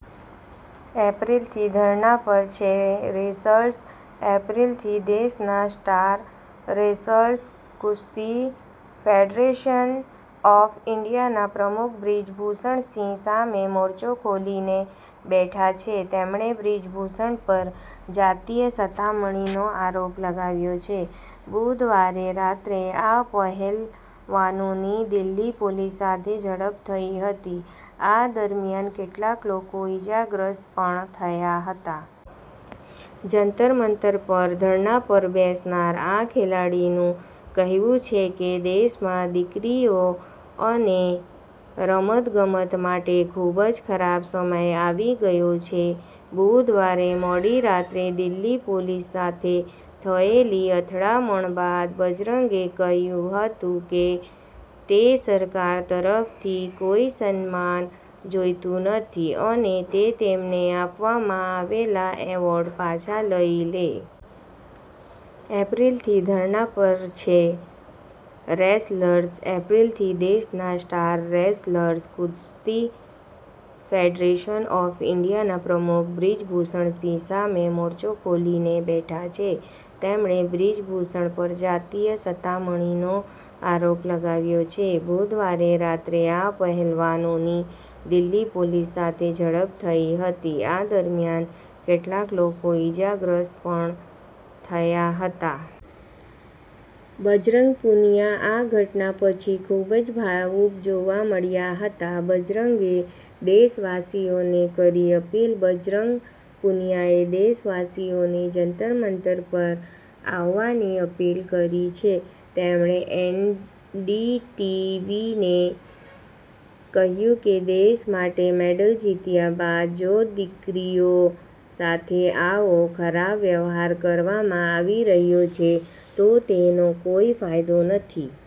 એપ્રિલથી ધરણા પર છે રેસલર્સ એપ્રિલથી દેશના સ્ટાર રેસલર્સ કુસ્તી ફેડરેશન ઓફ ઈન્ડિયાના પ્રમુખ બ્રિજભૂષણ સિંહ સામે મોરચો ખોલીને બેઠા છે. તેમણે બ્રિજભૂષણ પર જાતીય સતામણીનો આરોપ લગાવ્યો છે. બુધવારે રાત્રે આ પહેલવાનોની દિલ્હી પોલીસ સાથે ઝડપ થઇ હતી, આ દરમિયાન કેટલાક લોકો ઇજાગ્રસ્ત પણ થયા હતા. જંતર-મંતર પર ધરણા પર બેસનાર આ ખેલાડીનું કહેવું છે કે દેશમાં દીકરીઓ અને રમત-ગમત માટે ખૂબ જ ખરાબ સમય આવી ગયો છે. બુધવારે મોડી રાત્રે દિલ્હી પોલીસ સાથે થયેલી અથડામણ બાદ બજરંગે કહ્યું હતું કે તે સરકાર તરફથી કોઇ સન્માન જોઇતું નથી અને તે તેમને આપવામાં આવેલા એવોર્ડ પાછા લઇ લે. એપ્રિલથી ધરણા પર છે રેસલર્સ એપ્રિલથી દેશના સ્ટાર રેસલર્સ કુસ્તી ફેડરેશન ઓફ ઈન્ડિયાના પ્રમુખ બ્રિજભૂષણ સિંહ સામે મોરચો ખોલીને બેઠા છે. તેમણે બ્રિજભૂષણ પર જાતીય સતામણીનો આરોપ લગાવ્યો છે. બુધવારે રાત્રે આ પહેલવાનોની દિલ્હી પોલીસ સાથે ઝડપ થઇ હતી, આ દરમિયાન કેટલાક લોકો ઇજાગ્રસ્ત પણ થયા હતા. બજરંગ પુનિયા આ ઘટના પછી ખૂબ જ ભાવુક જોવા મળ્યા હતા. બજરંગે દેશવાસીઓને કરી અપીલ બજરંગ પુનિયાએ દેશવાસીઓને જંતર-મંતર પર આવવાની અપીલ કરી છે. તેમણે એનડીટીવીને કહ્યું કે દેશ માટે મેડલ જીત્યા બાદ જો દીકરીઓ સાથે આવો ખરાબ વ્યવહાર કરવામાં આવી રહ્યો છે તો તેનો કોઈ ફાયદો નથી.